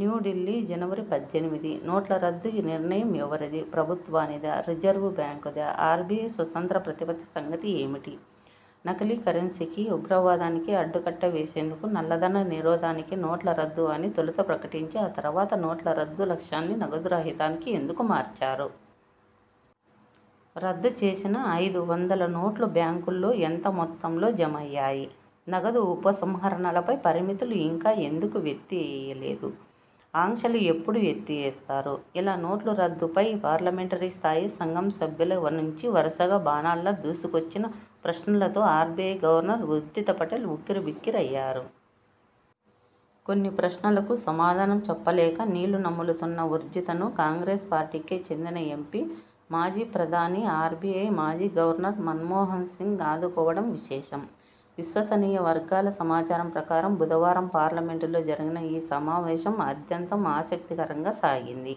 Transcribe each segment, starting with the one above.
న్యూఢిల్లీ, జనవరి పద్దెనిమిది నోట్ల రద్దు నిర్ణయం ఎవరిది? ప్రభుత్వానిదా? రిజర్వుబ్యాంకుదా? ఆర్బీఐ స్వతంత్ర ప్రతిపత్తి సంగతి ఏమిటి? నకిలీ కరెన్సీకి, ఉగ్రవాదానికి అడ్డుకట్ట వేసేందుకు, నల్లధన నిరోధానికే నోట్ల రద్దు అని తొలుత ప్రకటించి ఆ తర్వాత నోట్ల రద్దు లక్ష్యాన్ని నగదు రహితానికి ఎందుకు మార్చారు? రద్దు చేసిన ఐదు వందల నోట్లు బ్యాంకుల్లో ఎంత మొత్తంలో జమయ్యాయి? నగదు ఉపసంహరణలపై పరిమితులు ఇంకా ఎందుకు ఎత్తి వేయలేదు? ఆంక్షలు ఎప్పుడు ఎత్తివేస్తారు? ఇలా నోట్లు రద్దు పై పార్లమెంటరీ స్థాయీ సంఘం సభ్యుల నుంచి వరుసగా బాణాల్లా దూసుకొచ్చిన ప్రశ్నలతో ఆర్బీఐ గవర్నర్ ఉర్జిత పటేల్ ఉక్కిరిబిక్కిరయ్యారు. కొన్ని ప్రశ్నలకు సమాధానం చెప్పలేక నీళ్లు నములుతున్న ఉర్జితను కాంగ్రెస్ పార్టీకే చెందిన ఎంపీ, మాజీ ప్రధాని, ఆర్బీఐ మాజీ గవర్నర్ మన్మోహన్ సింగ్ ఆదుకోవడం విశేషం! విశ్వసనీయ వర్గాల సమాచారం ప్రకారం బుధవారం పార్లమెంటులో జరిగిన ఈ సమావేశం ఆద్యంతం ఆసక్తికరంగా సాగింది.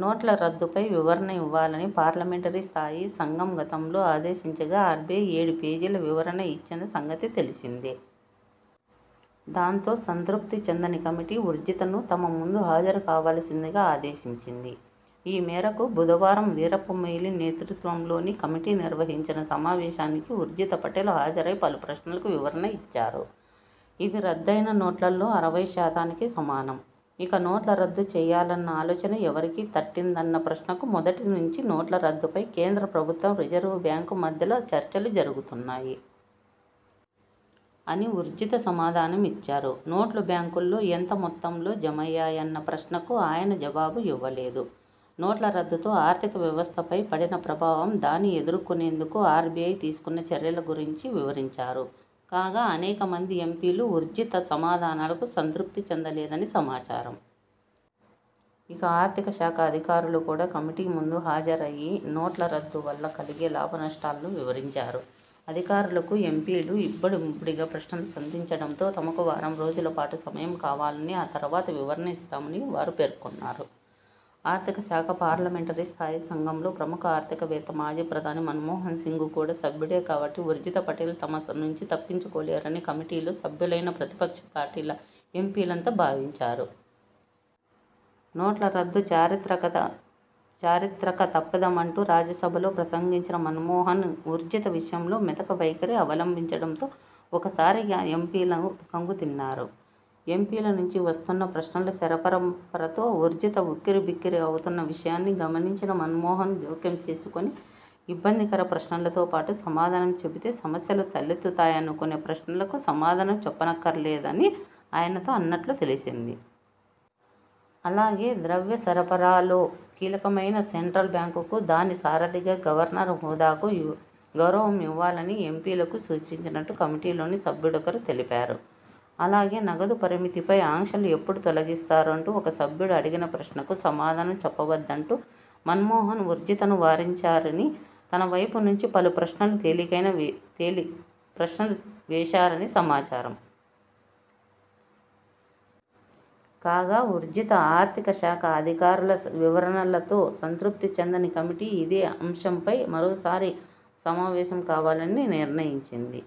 నోట్ల రద్దుపై వివరణ ఇవ్వాలని పార్లమెంటరీ స్థాయీ సంఘం గతంలో ఆదేశించగా ఆర్బీఐ ఏడు పేజీల వివరణ ఇచ్చిన సంగతి తెలిసిందే. దాంతో సంతృప్తి చెందని కమిటీ ఉర్జితను తమ ముందు హాజరు కావాల్సిందిగా ఆదేశించింది. ఈమేరకు బుధవారం వీరప్ప మొయిలీ నేతృత్వంలోని కమిటీ నిర్వహించిన సమావేశానికి ఉర్జిత పటేల్ హాజరై పలు ప్రశ్నలకు వివరణ ఇచ్చారు. ఇది రద్దయిన నోట్లలో అరవై శాతానికి సమానం. ఇక, నోట్ల రద్దు చేయాలన్న ఆలోచన ఎవరికి తట్టిందన్న ప్రశ్నకు '' మొదటి నుంచి నోట్ల రద్దుపై కేంద్ర ప్రభుత్వం, రిజర్వు బ్యాంకు మధ్యల చర్చలు జరుగుతున్నాయి. '' అని ఉర్జిత సమాధానమిచ్చారు. నోట్లు బ్యాంకుల్లో ఎంత మొత్తంలో జమయ్యాయన్న ప్రశ్నకు ఆయన జవాబు ఇవ్వలేదు. నోట్ల రద్దుతో ఆర్థిక వ్యవస్థపై పడిన ప్రభావం, దాన్ని ఎదుర్కొనేందుకు ఆర్బీఐ తీసుకున్న చర్యల గురించి వివరించారు. కాగా అనేక మంది ఎంపీలు ఉర్జిత సమాధానాలకు సంతృప్తి చెందలేదని సమాచారం. ఇక ఆర్థిక శాఖ అధికారులు కూడా కమిటీ ముందు హాజరయ్యి నోట్ల రద్దు వల్ల కలిగే లాభనష్టాలను వివరించారు. అధికారులకు ఎంపీలు ఇబ్బడి ముబ్బడిగా ప్రశ్నలు సంధించడంతో తమకు వారం రోజుల పాటు సమయం కావాలని, ఆ తర్వాత వివరణ ఇస్తామని వారు పేర్కొన్నారు. ఆర్థిక శాఖ పార్లమెంటరీ స్థాయీ సంఘంలో ప్రముఖ ఆర్థిక వేత్త, మాజీ ప్రధాని మన్మోహన్ సింగ్ కూడా సభ్యుడే కాబట్టి ఉర్జిత పటేల్ తమ నుంచి తప్పించుకోలేరని కమిటీలో సభ్యులైన ప్రతిపక్ష పార్టీల ఎంపీలంతా భావించారు. నోట్ల రద్దు చారిత్రక చారిత్రక తప్పిదమంటూ రాజ్యసభలో ప్రసంగించిన మన్మోహన్ ఉ ర్జిత విషయంలో మెతక వైఖరి అవలంభించడంతో ఒక్కసారిగా ఎంపీలు ఖంగుతిన్నారు. ఎంపీల నుంచి వస్తున్న ప్రశ్నల శరపరంపరతో ఉర్జిత ఉక్కిరిబిక్కిరి అవుతున్న విషయాన్ని గమనించిన మన్మోహన్ జోక్యం చేసుకొని ''ఇబ్బందికర ప్రశ్నలతో పాటు సమాధానం చెబితే సమస్యలు తలెత్తుతాయనుకునే ప్రశ్నలకు సమాధానం చెప్పనక్కరలేదు '' అని ఆయనతో అన్నట్లు తెలిసింది. అలాగే ద్రవ్యసరఫరాలో కీలకమైన సెంట్రల్ బ్యాంకుకు, దాని సారథిగా గవర్నర్ హోదాకు గౌరవం ఇవ్వాలని ఎంపీలకు సూచించినట్టు కమిటీలోని సభ్యుడొకరు తెలిపారు. అలాగే 'నగదు పరిమితిపై ఆంక్షలు ఎప్పుడు తొలగిస్తారు' అంటూ ఒక సభ్యుడు అడిగిన ప్రశ్నకు సమాధానం చెప్పవద్దంటూ మన్మోహన్ ఉర్జితను వారించారని తనవైపు నుంచి పలు ప్రశ్నలు తేలికైన ప్రశ్నలు వేశారని సమాచారం. కాగా ఉర్జిత, ఆర్థిక శాఖ అధికారుల వివరణలతో సంతృప్తి చెందని కమిటీ ఇదే అంశంపై మరోసారి సమావేశం కావాలని నిర్ణయించింది.